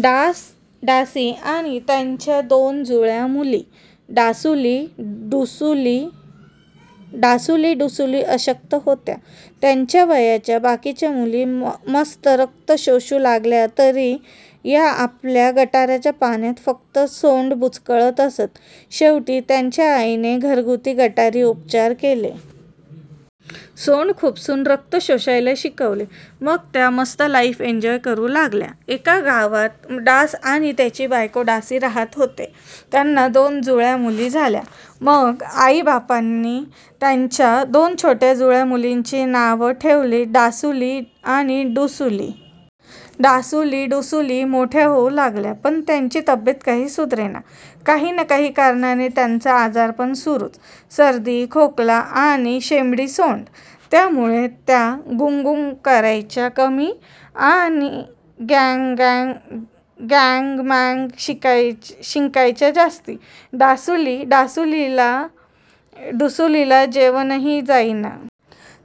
डास-डासी आणि त्यांच्या दोन जुळ्या मुली डासुली, डुसुली. डासुली, डुसुली अशक्त होत्या. त्यांच्या वयाच्या बाकीच्या मुली मस्त रक्त शोषू लागल्या तरी या आपल्या गटाराच्या पाण्यात फक्त सोंड बुचकळत असत. शेवटी त्यांच्या आईने 'घरगुती गटारी' उपचार केले. सोंड खुपसून रक्त शोषायला शिकवले... मग त्या मस्त लाईफ एन्जॉय करू लागल्या! एका गावात डास आणि त्याची बायको डासी राहात होते. त्यांना दोन जुळ्या मुली झाल्या. मग आई-बाबांनी त्यांच्या दोन छोट्या जुळ्या मुलींची नावं ठेवली डासुली आणि डुसुली. डासुली, डुसुली मोठ्या होऊ लागल्या, पण त्यांची तब्येत काही सुधरेना. काही न काही कारणाने त्यांचं आजारपण सुरूच. सर्दी, खोकला आणि शेंबडी सोंड. त्यामुळे त्या गूंगूं करायच्या कमी आणि गॅंगॅं मॅंगॅं शिंकायच्या जास्ती. डासुली, डुसुलीला जेवणही जाईना.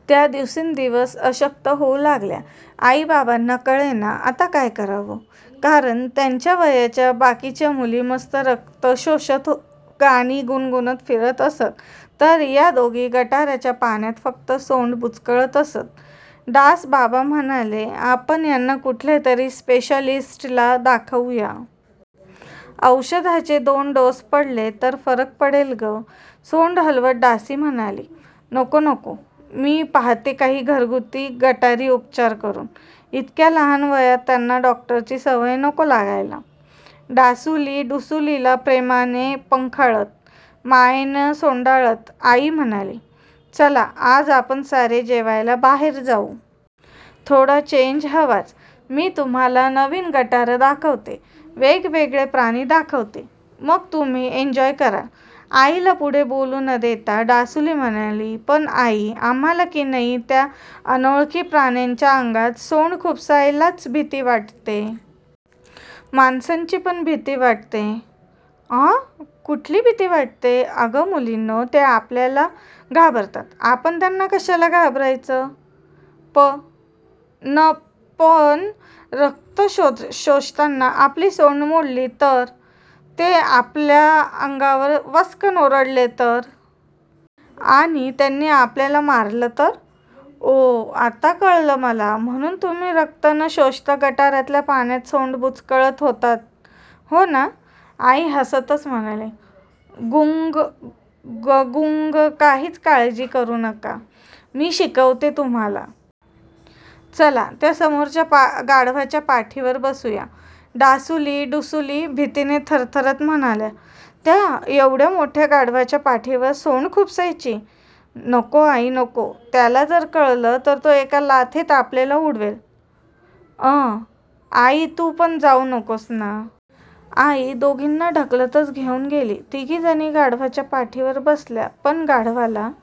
त्या दिवसेंदिवस अशक्त होऊ लागल्या. आई बाबांना कळेना आता काय करावं. कारण त्यांच्या वयाच्या बाकीच्या मुली मस्त रक्त शोषत, गाणी गुणगुणत फिरत असत. तर या दोघी गटाराच्या पाण्यात फक्त सोंड बुचकळत असत. डास बाबा म्हणाले, "आपण यांना कुठल्यातरी स्पेशालिस्टला दाखवूया. औषधाचे दोन डोस पडले तर फरक पडेल गं... " सोंड हलवत डासी म्हणाली, "नको. नको. मी पाहते काही 'घरगुती गटारी' उपचार करून. इतक्या लहान वयात त्यांना डॉक्टरची सवय नको लागायला. " डासुली, डुसूलीला प्रेमाने पंखाळत, मायेने सोंडाळत आई म्हणाली, "चला आज आपण सारे जेवायला बाहेर जाऊ. थोडा चेंज हवाच. मी तुम्हांला नवीन गटारं दाखवते. वेगवेगळे प्राणी दाखवते. मग तुम्ही एन्जॉय कराल.. " आईला पुढे बोलू न देता डासुली म्हणाली, "पण आई, आम्हांला किनई त्या अनोळखी प्राण्यांच्या अंगात सोंड खुपसायलाच भीती वाटते. माणसांचीपण भीती वाटते.. " "आँ..? कुठली भीती वाटते? "अगं मुलींनो.. ते आपल्याला घाबरतात! आपण त्यांना कशाला घाबरायचं..? " "प.. ण प.. ण रक्त शोषताना आपली सोंड मोडली तर? ते आपल्या अंगावर वसकन ओरडले तर? आणि त्यांनी आपल्याला मारलं तर?.. " "ओऽऽऽह! आता कळलं मला. म्हणून तुम्ही रक्त न शोषता गटारातल्या पाण्यात सोंडा बुचकळत होतात. हो ना? " आई हसतच म्हणाली, "गूंग गगॅंगूं. काहीच काळजी करू नका. मी शिकवते तुम्हांला. चला त्या समोरच्या गाढवाच्या पाठीवर बसूया.. " डासुली, डुसुली भीतीने थरथरत म्हणाल्या, "त्या एव्हढ्या मोठ्या गाढवाच्या पाठीत सोंड खुपसायची? नको आई नको. त्याला जर कळलं तर तो एका लाथेत आपल्या उडवेल. अंऽऽ आई तू पण जाऊ नकोस ना.. " आई दोघींना ढकलतच घेऊन गेली. तिघीजणी गाढवाच्या पाठीवर बसल्या, पण गाढवाला